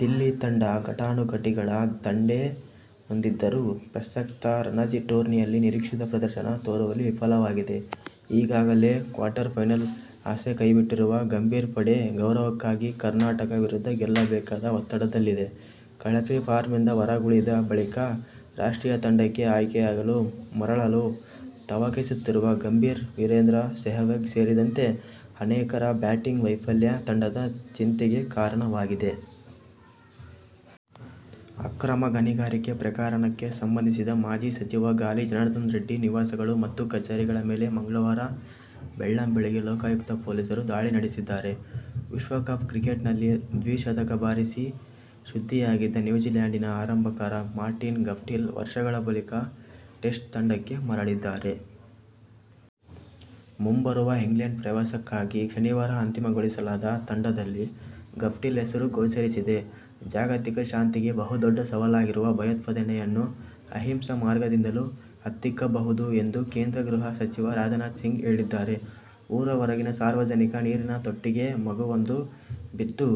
ದಿಲ್ಲಿ ತಂಡ ಘಟಾನುಘಟಿಗಳ ದಂಡೇ ಹೊಂದಿದ್ದರೂ ಪ್ರಸಕ್ತ ರಣಜಿ ಟೂರ್ನಿಯಲ್ಲಿ ನಿರೀಕ್ಷಿತ ಪ್ರದರ್ಶನ ತೋರುವಲ್ಲಿ ವಿಫಲವಾಗಿದೆ. ಈಗಾಗಲೇ ಕ್ವಾರ್ಟರ್ ಫೈನಲ್ ಆಸೆ ಕೈಬಿಟ್ಟಿರುವ ಗಂಭೀರ್ ಪಡೆ, ಗೌರವಕ್ಕಾಗಿ ಕರ್ನಾಟಕ ವಿರುದ್ಧ ಗೆಲ್ಲಬೇಕಾದ ಒತ್ತಡದಲ್ಲಿದೆ. ಕಳಪೆ ಫಾರ್ಮ್ನಿಂದ ಹೊರಗುಳಿದ ಬಳಿಕ ರಾಷ್ಟ್ರೀಯ ತಂಡಕ್ಕೆ ಆಯ್ಕೆಯಾಗಲು ಮರಳಲು ತವಕಿಸುತ್ತಿರುವ ಗಂಭೀರ್, ವೀರೇಂದ್ರ ಸೆಹವಾಗ್ ಸೇರಿದಂತೆ ಆನೇಕರ ಬ್ಯಾಟಿಂಗ್ ವೈಫಲ್ಯ ತಂಡದ ಚಿಂತೆಗೆ ಕಾರಣವಾಗಿದೆ. ಅಕ್ರಮ ಗಣಿಗಾರಿಕೆ ಪ್ರಕರಣಕ್ಕೆ ಸಂಬಂಧಿಸಿ ಮಾಜಿ ಸಚಿವ ಗಾಲಿ ಜನಾರ್ದನ ರೆಡ್ಡಿ ನಿವಾಸಗಳು ಮತ್ತು ಕಚೇರಿಗಳ ಮೇಲೆ ಮಂಗಳವಾರ ಬೆಳ್ಳಂಬೆಳಗೆ ಲೋಕಾಯುಕ್ತ ಪೊಲೀಸರು ದಾಳಿ ನಡೆಸಿದ್ದಾರೆ. ವಿಶ್ವಕಪ್ ಕ್ರಿಕೆಟ್ನಲ್ಲಿ ದ್ವಿಶತಕ ಬಾರಿಸಿ ಸುದ್ದಿಯಾದ ನ್ಯೂಜಿಲ್ಯಾಂಡಿನ ಆರಂಭಕಾರ ಮಾರ್ಟಿನ್ ಗಪ್ಟಿಲ್ ವರ್ಷಗಳ ಬಳಿಕ ಟೆಸ್ಟ್ ತಂಡಕ್ಕೆ ಮರಳಿದ್ದಾರೆ. ಮುಂಬರುವ ಇಂಗ್ಲೆಂಡ್ ಪ್ರವಾಸಕ್ಕಾಗಿ ಶನಿವಾರ ಅಂತಿಮಗೊಳಿಸಲಾದ ತಂಡದಲ್ಲಿ ಗಪ್ಟಿಲ್ ಹೆಸರು ಗೋಚರಿಸಿದೆ. ಜಾಗತಿಕ ಶಾಂತಿಗೆ ಬಹುದೊಡ್ಡ ಸವಾಲಾಗಿರುವ ಭಯೋತ್ಪಾದನೆಯನ್ನು ಅಹಿಂಸಾ ಮಾರ್ಗದಿಂದಲೂ ಹತ್ತಿಕ್ಕಬಹುದು ಎಂದು ಕೇಂದ್ರ ಗೃಹ ಸಚಿವ ರಾಜನಾಥಸಿಂಗ್ ಹೇಳಿದ್ದಾರೆ. ಊರ ಹೊರಗಿನ ಸಾರ್ವಜನಿಕ ನೀರಿನ ತೊಟ್ಟಿಗೆ ಮಗುವೊಂದು ಬಿದ್ದು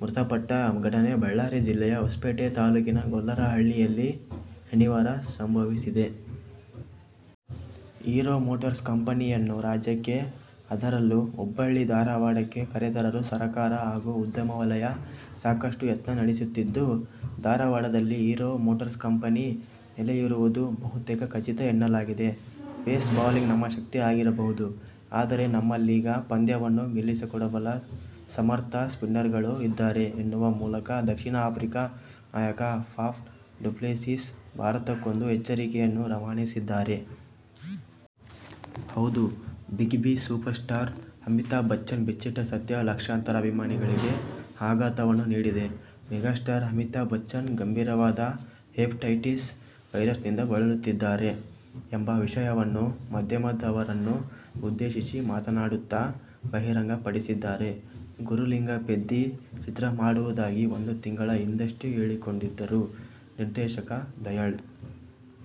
ಮೃತಪಟ್ಟ ಘಟನೆ ಬಳ್ಳಾರಿ ಜಿಲ್ಲೆಯ ಹೊಸಪೇಟೆ ತಾಲೂಕಿನ ಗೊಲ್ಲರಹಳ್ಳಿಯಲ್ಲಿ ಶನಿವಾರ ಸಂಭವಿಸಿದೆ. ಹೀರೋ ಮೋಟಾರ್ಸ್ ಕಂಪೆನಿಯನ್ನು ರಾಜ್ಯಕ್ಕೆ ಅದರಲ್ಲೂ ಹುಬ್ಬಳ್ಳಿ- ಧಾರವಾಡಕ್ಕೆ ಕರೆತರಲು ಸರಕಾರ ಹಾಗೂ ಉದ್ಯಮ ವಲಯ ಸಾಕಷ್ಟು ಯತ್ನ ನಡೆಸುತ್ತಿದ್ದು, ಧಾರವಾಡದಲ್ಲಿ ಹೀರೋ ಮೋಟಾರ್ಸ್ ಕಂಪೆನಿ ನೆಲೆಯೂರುವುದು ಬಹುತೇಕ ಖಚಿತ ಎನ್ನಲಾಗಿದೆ. "ಪೇಸ್ ಬೌಲಿಂಗ್ ನಮ್ಮ ಶಕ್ತಿ ಆಗಿರಬಹುದು, ಆದರೆ ನಮ್ಮಲ್ಲೀಗ ಪಂದ್ಯವನ್ನು ಗೆಲ್ಲಿಸಿಕೊಡಬಲ್ಲ ಸಮರ್ಥ ಸ್ಪಿನ್ನರ್ಗಳೂ ಇದ್ದಾರೆ' ಎನ್ನುವ ಮೂಲಕ ದಕ್ಷಿಣ ಆಫ್ರಿಕಾ ನಾಯಕ ಫಾ ಡು ಪ್ಲೆಸಿಸ್ ಭಾರತಕ್ಕೊಂದು ಎಚ್ಚರಿಕೆಯನ್ನು ರವಾನಿಸಿದ್ದಾರೆ. ಹೌದು big B, super star Amitabh Bachchan ಬಿಚ್ಚಿಟ್ಟ ಸತ್ಯ ಲಕ್ಷಾಂತರ ಅಭಿಮಾನಿಗಳಿಗೆ ಆಘಾತವನ್ನು ನೀಡಿದೆ. ಮೆಗಾಸ್ಟಾರ್ ಅಮಿತಾಬ್ ಗಂಭೀರವಾದ ಹೆಪಟೈಟಿಸ್ ವೈರಸ್ ನಿಂದ ಬಳಲುತ್ತಿದ್ದಾರೆ ಎಂಬ ವಿಷಯವನ್ನು ಮಾಧ್ಯಮದವರನ್ನು ಉದ್ದೇಶಿಸಿ ಮಾತನಾಡುತ್ತ ಬಹಿರಂಗಪಡಿಸಿದ್ದಾರೆ. "ಗುರುಲಿಂಗ ಪೆದ್ದಿ' ಚಿತ್ರ ಮಾಡುವುದಾಗಿ ಒಂದು ತಿಂಗಳ ಹಿಂದಷ್ಟೇ ಹೇಳಿಕೊಂಡಿದ್ದರು ನಿರ್ದೇಶಕ ದಯಾಳ್.